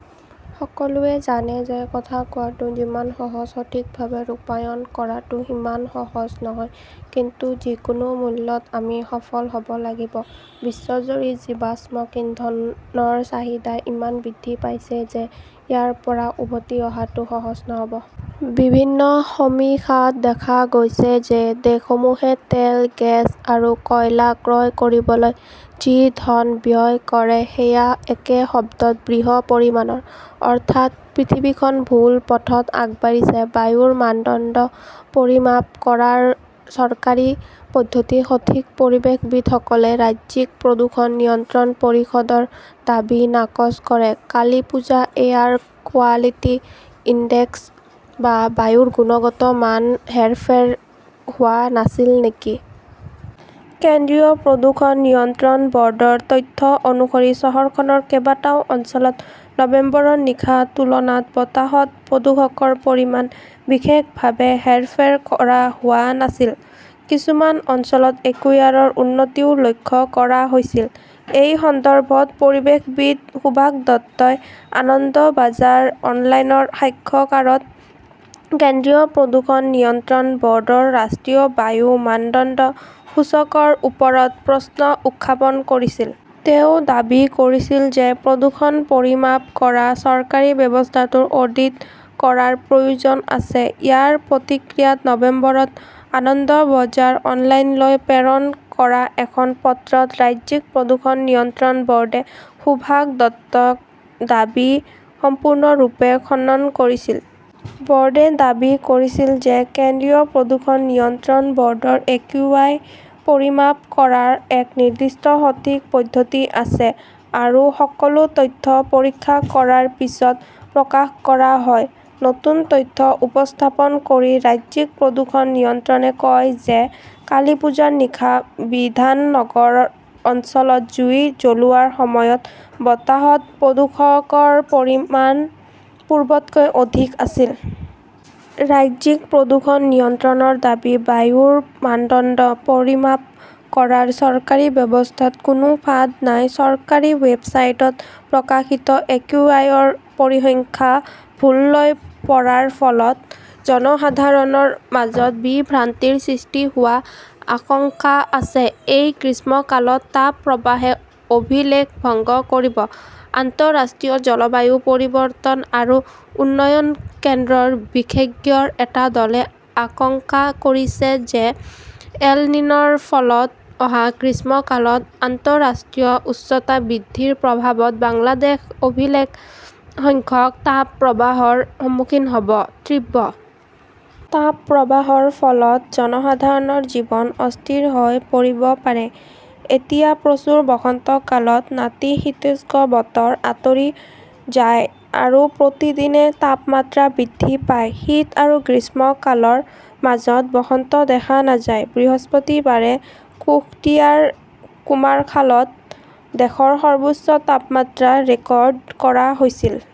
সকলোৱে জানে যে কথা কোৱাটো যিমান সহজ, সঠিকভাৱে ৰূপায়ণ কৰাটো সিমানেই সহজ নহয়। কিন্তু যিকোনো মূল্যত আমি সফল হ"ব লাগিব। বিশ্বজুৰি জীৱাশ্ম ইন্ধনৰ চাহিদা ইমান বৃদ্ধি পাইছে যে ইয়াৰ পৰা উভতি অহাটো সহজ নহ'ব। বিভিন্ন সমীক্ষাত দেখা গৈছে যে দেশসমূহে তেল, গেছ আৰু কয়লা ক্ৰয় কৰিবলৈ যি ধন ব্যয় কৰে সেয়া একে শব্দত 'বৃহৎ পৰিমাণৰ'। অৰ্থাৎ, পৃথিৱীখন ভুল পথত আগবাঢ়িছে। বায়ুৰ মানদণ্ড পৰিমাপ কৰাৰ চৰকাৰী পদ্ধতি সঠিক, পৰিৱেশবিদসকলে ৰাজ্যিক প্ৰদূষণ নিয়ন্ত্ৰণ পৰিষদৰ দাবী নাকচ কৰে কালিপূজা এয়াৰ কোৱালিটি ইনডেক্স বা বায়ুৰ গুণগত মানৰ হেৰফেৰ হোৱা নাছিল নেকি? কেন্দ্ৰীয় প্ৰদূষণ নিয়ন্ত্ৰণ বৰ্ডৰ তথ্য অনুসৰি, চহৰখনৰ কেইবাটাও অঞ্চলত নৱেম্বৰৰ নিশা তুলনাত বতাহত প্ৰদূষকৰ পৰিমাণ বিশেষভাৱে হেৰফেৰ কৰা হোৱা নাছিল। কিছুমান অঞ্চলত একিউআইৰ উন্নতিও লক্ষ্য কৰা হৈছিল। এই সন্দৰ্ভত পৰিৱেশবিদ সুভাষ দত্তই আনন্দবাজাৰ অনলাইনৰ সাক্ষাৎকাৰত কেন্দ্ৰীয় প্ৰদূষণ নিয়ন্ত্ৰণ বৰ্ডৰ ৰাষ্ট্ৰীয় বায়ু মানদণ্ড সূচকৰ ওপৰত প্ৰশ্ন উত্থাপন কৰিছিল। তেওঁ দাবী কৰিছিল যে প্ৰদূষণ পৰিমাপ কৰা চৰকাৰী ব্যৱস্থাটোৰ অডিট কৰাৰ প্ৰয়োজন আছে। ইয়াৰ প্ৰতিক্ৰিয়াত নৱেম্বৰত আনন্দ বজাৰ অনলাইনলৈ প্ৰেৰণ কৰা এখন পত্ৰত ৰাজ্যিক প্ৰদূষণ নিয়ন্ত্ৰণ বৰ্ডে সুভাষ দত্তৰ দাবীক সম্পূৰ্ণৰূপে খণ্ডন কৰিছিল। বৰ্ডে দাবী কৰিছে যে কেন্দ্ৰীয় প্ৰদূষণ নিয়ন্ত্ৰণ বৰ্ডৰ একিউআই পৰিমাপ কৰাৰ এক নিৰ্দিষ্ট সঠিক পদ্ধতি আছে আৰু সকলো তথ্য পৰীক্ষা কৰাৰ পিছত প্ৰকাশ কৰা হয়। নতুন তথ্য উপস্থাপন কৰি ৰাজ্যিক প্ৰদূষণ নিয়ন্ত্ৰণে কয় যে কালিপূজাৰ নিশা বিধাননগৰ অঞ্চলত জুই জ্বলোৱাৰ সময়ত বতাহত প্ৰদূষকৰ পৰিমাণ পূৰ্বতকৈ অধিক আছিল। ৰাজ্যিক প্ৰদূষণ নিয়ন্ত্ৰণৰ দাবী, বায়ুৰ মানদণ্ড পৰিমাপ কৰাৰ চৰকাৰী ব্যৱস্থাত কোনো ফাঁদ নাই, চৰকাৰী ৱেবছাইটত প্ৰকাশিত একিউআইৰ পৰিসংখ্যা ভুলকৈ পঢ়াৰ ফলত জনসাধাৰণৰ মাজত বিভ্ৰান্তিৰ সৃষ্টি হোৱাৰ আশংকা আছে। এই গ্ৰীষ্মকালত তাপপ্ৰবাহে অভিলেখ ভংগ কৰিব আন্তঃৰাষ্ট্ৰীয় জলবায়ু পৰিৱৰ্তন আৰু উন্নয়ন কেন্দ্ৰৰ বিশেষজ্ঞৰ এটা দলে আশংকা কৰিছে যে এল-নিন'ৰ ফলত অহা গ্ৰীষ্মকালত আন্তঃৰাষ্ট্ৰীয় উষ্ণতা বৃদ্ধিৰ প্ৰভাৱত বাংলাদেশ অভিলেখ সংখ্যক তাপপ্ৰবাহৰ সন্মুখীন হ'ব। তীব্ৰ তাপপ্ৰবাহৰ ফলত জনসাধাৰণৰ জীৱন অস্থিৰ হৈ পৰিব পাৰে। এতিয়া প্ৰচুৰ বসন্তকালত নাতিশীতোষ্ণ বতৰ আঁতৰি যায় আৰু প্ৰতিদিনে তাপমাত্ৰা বৃদ্ধি পায়। শীত আৰু গ্ৰীষ্মকালৰ মাজত বসন্ত দেখা নাযায়। বৃহস্পতিবাৰে কুশটিয়াৰ কুমাৰখালীত দেশৰ সৰ্বোচ্চ তাপমাত্ৰা ৰেকৰ্ড কৰা হৈছিল।